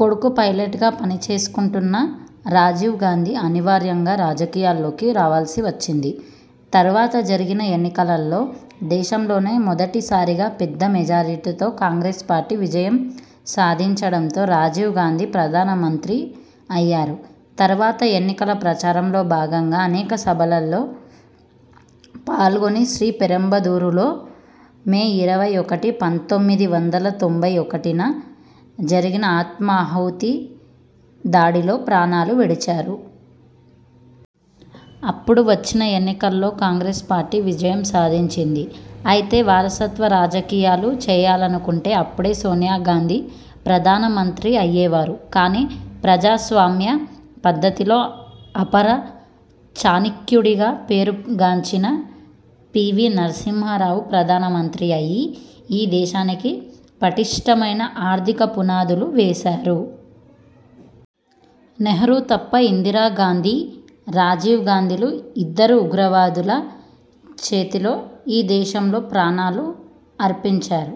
కొడుకు పైలట్గా పని చేసుకుంటున్న రాజీవ్ గాందీ అనివార్యంగా రాజకీయాల్లోకి రావాల్సి వచ్చింది. తరువాత జరిగిన ఎన్నికలలో దేశంలోనే మొదటి సారిగా పెద్ద మెజారిటీతో కాంగ్రెస్ పార్టీ విజయం సాధించడంతో రాజీవ్ గాంధీ ప్రధాన మంత్రి అయ్యారు. తరువాత ఎన్నికల ప్రచారంలో భాగంగా అనేక సభలలో పాల్గొని శ్రీ పెరంబదూరులో మే ఇరవై ఒకటి, పంతొమ్మిది వందల తొంభై ఒకటిన జరిగిన ఆత్మాహుతి దాడిలో ప్రాణాలు విడిచారు. అప్పుడు వచ్చిన ఎన్నికల్లో కాంగ్రెస్ పార్టీ విజయం సాధించింది. అయితే వారసత్వ రాజకీయాలు చేయాలనుకుంటే అప్పడే సోనియ గాంధీ ప్రధాన మంత్రి అయ్యేవారు కానీ ప్రజాస్వామ్య పద్ధతిలో అపర చాణిక్యుడిగా పేరు గాంచిన పి. వి నరసింహారావు ప్రధాన మంత్రి అయి ఈ దేశానికి పటిష్ఠమైన ఆర్థిక పునాదులు వేశారు. నెహ్రూ తప్ప ఇందిరా గాంధీ, రాజీవ్ గాంధీలు ఇద్దరు ఉగ్రవాదుల చేతిలో ఈ దేశంలో ప్రాణాలు అర్పించారు.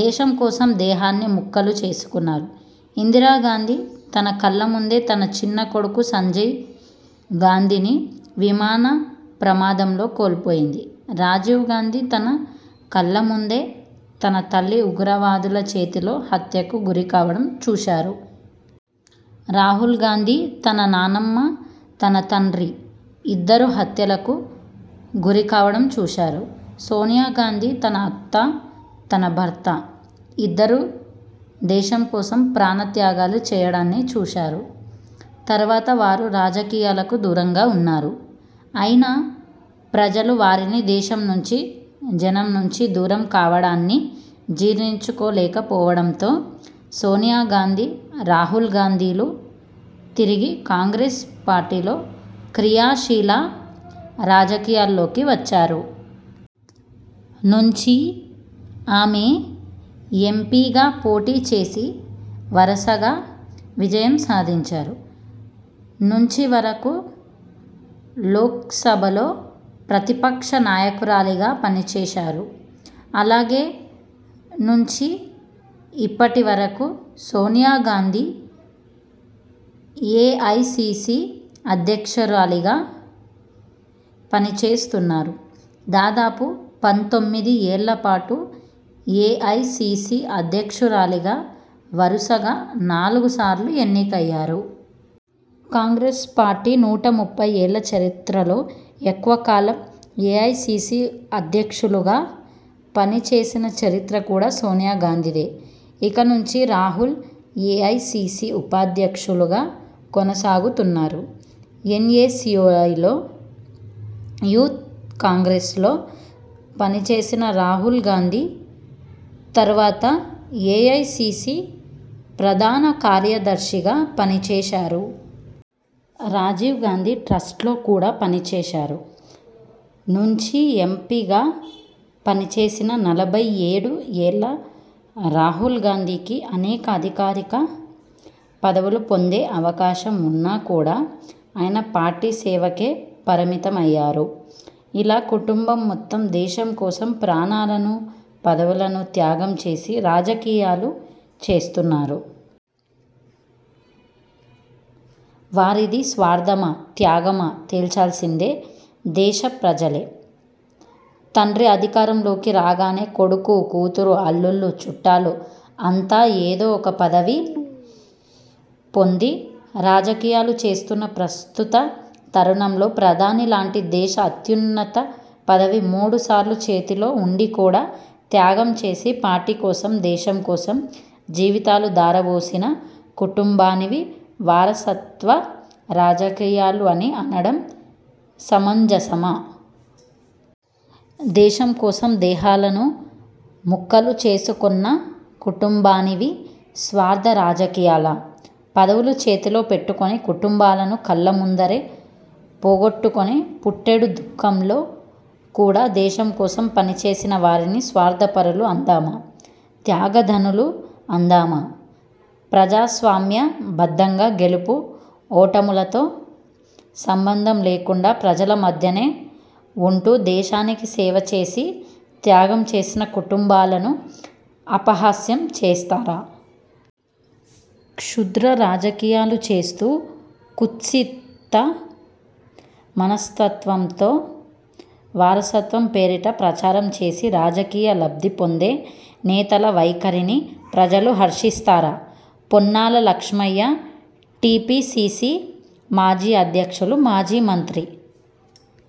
దేశం కోసం దేహాన్ని ముక్కలు చేసుకున్నారు. ఇందిరా గాంధీ తన కళ్ల ముందే తన చిన్నకొడుకు సంజయ్ గాంధీనీ విమాన ప్రమాదంలో కోల్పోయింది. రాజీవ్ గాంధీ తన కళ్ళ ముందే తన తల్లి ఉగ్రవాదుల చేతిలో హత్యకు గురికావడం చూశారు. రాహుల్ గాంధీ తన నానమ్మ, తన తండ్రి ఇద్దరు హత్యలకు గురి కావడం చూశారు. సోనియ గాంధీ తన అత్త, తన భర్త ఇద్దరు దేశం కోసం ప్రాణ త్యాగాలు చేయడాన్ని చూశారు. తరువాత వారు రాజకీయాలకు దూరంగా ఉన్నారు. అయినా, ప్రజలు వారిని దేశం నుంచి జనం నుంచి దూరం కావడాన్ని జీర్ఱించుకో లేకపోవడంతో సోనియ గాంధీ, రాహుల్ గాంధీలు తిరిగి కాంగ్రెస్ పార్టీలో క్రియాశీల రాజకీయాల్లోకి వచ్చారు. నుంచి ఆమె ఎంపీగా పోటీ చేసి వరసగా విజయం సాధించారు. నుంచి వరకు లోక్సభలో ప్రతిపక్ష నాయకురాలిగా పనిచేశారు. అలాగే నుంచి ఇప్పటి వరకు సోనియ గాంధీ ఏఐసీసీ అధ్యక్షురాలిగా పని చేస్తున్నారు. దాదాపు పంతొమ్మిది ఏళ్ళ పాటు ఏఐసీసీ అధ్యక్షు రాలిగా వరసగా నాలుగు సార్లు ఎన్నికయ్యారు. కాంగ్రెస్ పార్టీ నూట ముప్పై ఏళ్ళ చరిత్రలో ఎక్కువ కాలం ఏఐసీసీ అధ్యక్షులుగా పని చేసిన చరిత్ర కూడా సోనియ గాంధీదే. ఇక నుంచి రాహుల్ ఏఐసీసీ ఉపాధ్యక్షులుగా కొనసాగుతున్నారు. ఎన్ఎస్యూఐలో, యూత్ కాంగ్రెస్లో పనిచేసిన రాహుల్ గాంధీ, తరువాత ఏఐసీసీ ప్రధాన కార్యదర్శిగా పనిచేశారు. రాజీవ్ గాంధీ ట్రస్ట్లో కూడా పని చేశారు. నుంచి ఎంపీగా పనిచేసిన నలభై ఏడు ఏళ్ళ రాహుల్ గాంధీకి అనేక అధికారిక పదవులు పొందే అవకాశం ఉన్నా కూడా ఆయన పార్టీ సేవకే పరిమితమయ్యారు. ఇలా కుటంబం మొత్తం దేశం కోసం ప్రాణాలను, పదవులను త్యాగం చేసి రాజకీయాలు చేస్తున్నారు. వారిది స్వార్థమా, త్యాగమా, తేల్చాల్సిందే దేశ ప్రజలే. తండ్రి అధికారం లోకి రాగానే కొడుకు, కూతురు, అల్లుళ్ళు, చుట్టాలు అంతా ఏదో ఒక పదవి పొంది రాజకీయాలు చేస్తున్న ప్రస్తుత తరుణంలో ప్రధాని లాంటి దేశ అత్యున్నత పదవి మూడు సార్లు చేతిలో ఉండి కూడా త్యాగం చేసి పార్టీ కోసం, దేశం కోసం జీవితాలు ధారవోసిన కుటుంబానివి వారసత్వ రాజకీయాలు అని అనడం సమంజసమా? దేశం కోసం దేహాలను ముక్కలు చేసుకొన్న కుటుంబానివి స్వార్థ రాజకీయాలా? పదవులు చేతిలో పెట్టుకొని కుటుంబాలను కళ్ళ ముందరే పోగొట్టుకొని పుట్టెడు దుఃఖంలో కూడా దేశం కోసం పనిచేసిన వారిని స్వార్థ పరులు అందామా.. త్యాగధనులు అందామా? ప్రజాస్వామ్య బద్దంగా గెలుపు ఓటములతో సంబంధం లేకుండా ప్రజల మధ్యనే ఉంటూ దేశానికి సేవచేసి, త్యాగం చేసిన కుటుంబాలను అపహాస్యం చేస్తారా? క్షుద్ర రాజకీయాలు చేస్తూ కుత్సిత మనస్తత్వంతో వారసత్వం పేరిట ప్రచారం చేసి రాజకీయ లబ్ధి పొందే నేతల వైఖరిని ప్రజలు హర్షిస్తారా? పొన్నాల లక్ష్మయ్య టీపీసీసీ మాజీ అధ్యక్షులు, మాజీ మంత్రి